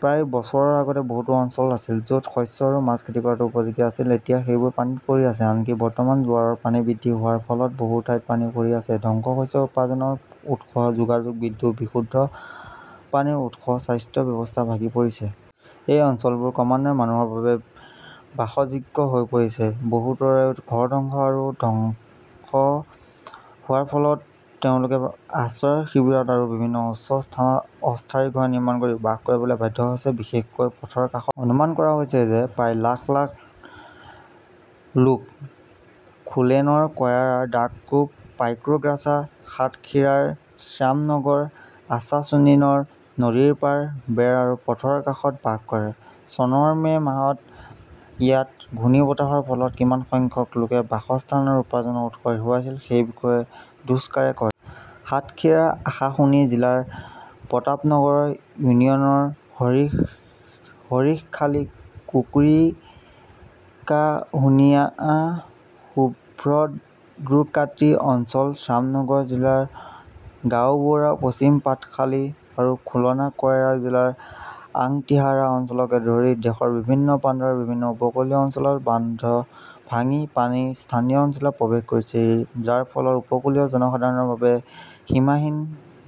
প্ৰায় বছৰ আগতে বহুতো অঞ্চল আছিল য 'ত শস্য আৰু মাছ খেতি কৰাটো উপযোগী আছিল, এতিয়া সেইবোৰ পানীত পৰি আছে। আনকি বৰ্তমান জোৱাৰৰ পানী বৃদ্ধি হোৱাৰ ফলত বহু ঠাইত পানী ভৰি পৰিছে। ধ্বংস হৈছে উপাৰ্জনৰ উৎস, যোগাযোগ, বিদ্যুৎ, বিশুদ্ধ পানীৰ উৎস, স্বাস্থ্য ব্যৱস্থা ভাঙি পৰিছে। এই অঞ্চলবোৰ ক্ৰমান্বয়ে মানুহৰ বাবে বাসযোগ্য হৈ পৰিছে। বহুতোৰ ঘৰ ধ্বংস আৰু ধ্বংস হোৱাৰ ফলত তেওঁলোকে আশ্ৰয় শিবিৰত আৰু বিভিন্ন উচ্চ স্থানত অস্থায়ী ঘৰ নিৰ্মাণ কৰি বাস কৰিবলৈ বাধ্য হৈছে, বিশেষকৈ পথৰ কাষত। অনুমান কৰা হৈছে যে প্ৰায় লাখ লাখ লোক খোলেনৰ কয়ৰা, ডাকোপ, পাইকগাছা, সাতখিৰাৰ শ্যামনগৰ, আশাশ্বুনিৰ নদীৰ পাৰ, বেৰ আৰু পথৰ কাষত বাস কৰে। চনৰ মে মাহত ইয়াছ ঘূৰ্ণীবতাহৰ ফলত কিমান সংখ্যক লোকে বাসস্থান আৰু উপাৰ্জনৰ উৎস হেৰুৱাইছিল সেই বিষয়ে দুস্কাৰে কয়। সাতখিৰাৰ আশাশুনি জিলাৰ প্ৰতাপনগৰ ইউনিয়নৰ হৰিশখালী, কুঁৰিকাহুনিয়া, সুভদ্ৰকাটি অঞ্চল, শ্যামনগৰ জিলাৰ গাবৌৰা, পশ্চিম পাতাখালী আৰু খুলনাৰ কয়ৰা জিলাৰ আংটিহাৰা অঞ্চলকে ধৰি দেশৰ বিভিন্ন প্ৰান্তৰ বিভিন্ন উপকূলীয় অঞ্চলত বান্ধ ভাঙি পানী স্থানীয় অঞ্চলত প্ৰৱেশ কৰিছে, যাৰ ফলত উপকূলৰ জনসাধাৰণৰ বাবে সীমাহীন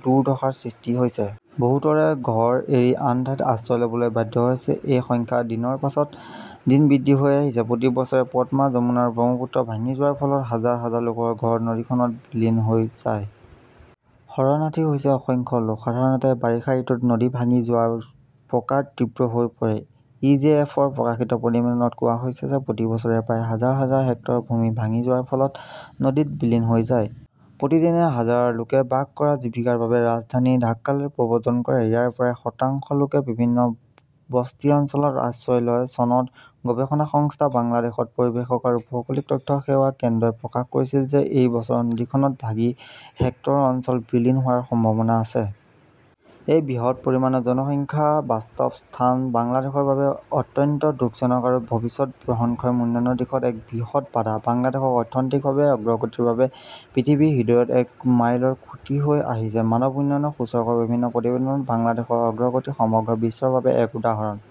দুৰ্দশাৰ সৃষ্টি হৈছে। বহুতে ঘৰ এৰি আন ঠাইত আশ্ৰয় লʼবলৈ বাধ্য হৈছে। এই সংখ্যা দিনৰ পিছত দিন বৃদ্ধি হৈ আহিছে। প্ৰতি বছৰে পদ্মা, যমুনা আৰু ব্ৰহ্মপুত্ৰ ভাঙি যোৱাৰ ফলত হাজাৰ হাজাৰ লোকৰ ঘৰ নদীখনত বিলীন হৈ যায়। শৰণাৰ্থী হৈছে অসংখ্য লোক। সাধাৰণতে, বাৰিষা ঋতুত নদী ভাঙি যোৱাৰ প্ৰকাৰ তীব্ৰ হৈ পৰে। ই. জে. এফ. -ৰ প্ৰকাশিত প্ৰতিবেদনত কোৱা হৈছে যে প্ৰতি বছৰে প্ৰায় হাজাৰ হেক্টৰ ভূমি ভাঙি যোৱাৰ ফলত নদীত বিলীন হৈ যায়। প্ৰতিদিনে হাজাৰ লোকে বাস আৰু জীৱিকাৰ বাবে ৰাজধানী ঢাকালৈ প্ৰব্ৰজন কৰে। ইয়াৰে প্ৰায় শতাংশ লোকে বিভিন্ন বস্তি অঞ্চলত আশ্ৰয় লয়। চনত গৱেষণা সংস্থা বাংলাদেশ পৰিৱেশ আৰু ভৌগোলিক তথ্য সেৱা কেন্দ্ৰই প্ৰকাশ কৰিছিল যে এই বছৰ নদীখন ভাঙি হেক্টৰ অঞ্চল বিলীন হোৱাৰ সম্ভাৱনা আছে। এই বৃহৎ পৰিমাণৰ জনসংখ্যাৰ বাস্তৱস্থান বাংলাদেশৰ বাবে অত্যন্ত দুখজনক আৰু ভৱিষ্যত বহনক্ষম উন্নয়নৰ দিশত এক বৃহৎ বাধা। বাংলাদেশ অৰ্থনৈতিকভাৱে অগ্ৰগতিৰ বাবে পৃথিৱীৰ হৃদয়ত এক মাইলৰ খুঁটি হৈ আহিছে। মানৱ উন্নয়ন সূচকৰ বিভিন্ন প্ৰতিবেদনত বাংলাদেশৰ অগ্ৰগতি সমগ্ৰ বিশ্বৰ বাবে এক উদাহৰণ।